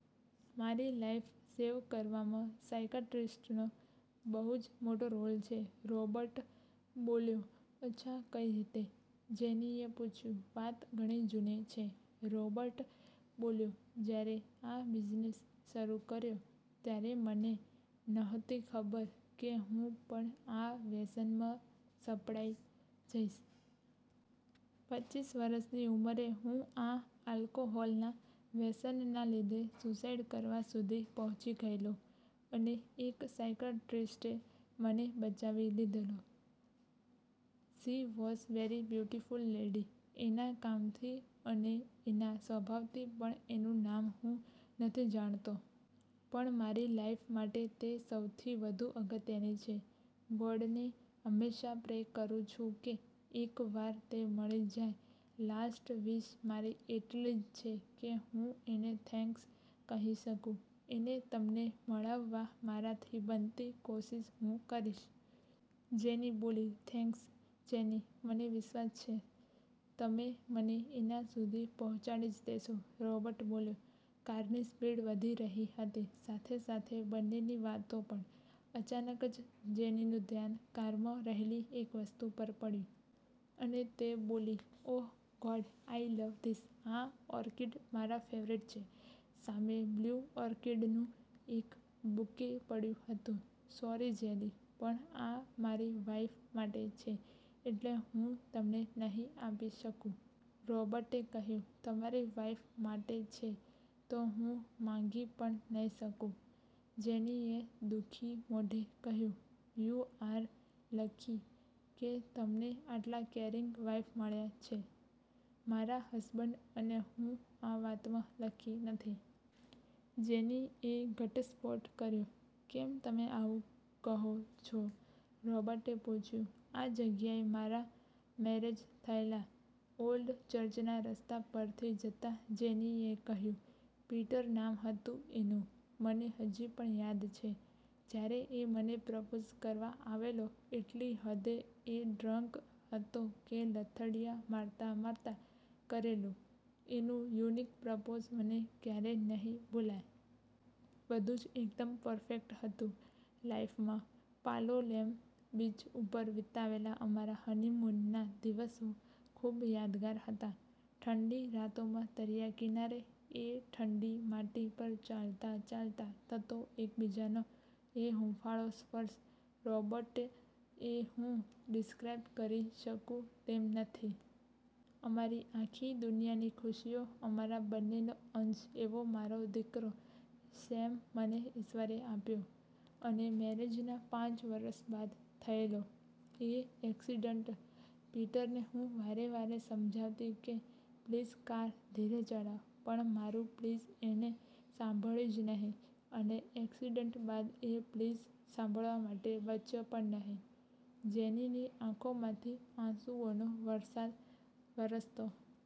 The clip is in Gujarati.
મારી લાઈફ સેવ કરવામાં સાયકાયટ્રિસ્ટનો બહુ જ મોટો રોલ છે. રૉબર્ટ બોલ્યો. "અચ્છા કઈ રીતે?" જેનીએ પૂછ્યું. "વાત ઘણી જૂની છે!" રૉબર્ટ બોલ્યો. "જ્યારે આ બિઝનેસ શરૂ કર્યો ત્યારે મને નહોતી ખબર કે હું પણ આ વ્યસનમાં સપડાઈ જઈશ. પચ્ચીસ વર્ષની ઉંમરે હું આ આલ્કોહોલના વ્યસનના લીધે સ્યુસાઇડ કરવા સુધી પહોંચી ગયેલો અને એક સાઇકાયટ્રિસ્ટે મને બચાવી લીધેલો. She was very beautiful lady. એના કામથી અને એના સ્વભાવથી, પણ એનું નામ હું નથી જાણતો. પણ મારી લાઈફ માટે તે સૌથી વધુ અગત્યની છે. ગોડને હંમેશા પ્રે કરૂ છુ કે એક વાર તે મળી જાય. લાસ્ટ વિશ મારી એટલીજ છે કે હું એને થેન્ક્સ કહી શકુ." "એને તમને મળાવવા મારાથી બનતી કોશિશ હું કરીશ." જેની બોલી. "થેન્ક્સ જેની, મને વિશ્વાસ છે તમે મને એના સુધી પહોંચાડી જ દેશો." રૉબર્ટ બોલ્યો. કારની સ્પીડ વધી રહી હતી, સાથે-સાથે બંનેની વાતો પણ. અચાનક જ જેનીનું ધ્યાન કારમાં રહેલી એક વસ્તુ પર પડ્યું. અને તે બોલી, "oh God, I love this. આ ઓર્કિડ મારા ફેવરિટ છે." સામે બ્લૂ ઓર્કિડનું એક બુકે પડ્યું હતું. "સોરી જેની, પણ આ મારી વાઇફ માટે છે, એટલે હું તમને નહીં આપી શકુ." રૉબર્ટે કહ્યું. "તમારી વાઇફ માટે છે તો હું માંગી પણ નઈ શકું!" જેનીએ દુઃખી મોઢે કહ્યું, "યુ આર લકી કે તમને આટલા કેરિંગ વાઈફ મળ્યા છે. મારા હસબન્ડ અને હું આ વાતમાં લકી નથી!" જેની એ ઘટસ્ફોટ કર્યો. "કેમ તમે આવું કહો છો?" રૉબર્ટે પૂછ્યું. "આ જગ્યાએ મારા મેરેજ થયેલા." ઓલ્ડ ચર્ચના રસ્તા પરથી જતા જેનીએ કહ્યું. "પીટર નામ હતું એનું. મને હજી પણ યાદ છે જ્યારે એ મને પ્રપોઝ કરવા આવેલો, એટલી હદે એ ડ્રન્ક હતો કે લથડીયા મારતા-મારતા કરેલું, એનું યુનિક પ્રપોસ મને ક્યારેય નહીં ભુલાય. બધું જ એકદમ પરફેક્ટ હતું લાઇફમાં. પાલોલેમ બિચ ઉપર વિતાવેલા અમારા 'હનીમૂન' ના દિવસો ખૂબ યાદગાર હતા. ઠંડી રાતોમાં દરિયાકિનારે એ ઠંડી માટી પર ચાલતા-ચાલતા થતો એકબીજાનો એ હૂંફાળો સ્પર્શ રૉબર્ટ એ હું ડિસ્ક્રાઈબ કરી શકુ તેમ નથી. અમારી આખી દુનિયાની ખુશીઓ, અમારા બંનેનો અંશ એવો મારો દિકરો સેમ મને ઈશ્વરે આપ્યો. અને મેરેજના પાંચ વર્ષ બાદ થયેલો એ એકસીડન્ટ! પીટરને હું વારે-વારે સમજાવતી કે, પ્લીઝ કાર ધીરે ચલાવ. પણ મારુ પ્લીઝ એણે સાંભળ્યું જ નહીં, અને એક્સિડન્ટ બાદ એ પ્લીઝ સાંભળવા માટે બચ્યો પણ નહીં." જેનીની આંખોમાંથી આંસુઓનો વરસાદ વરસતો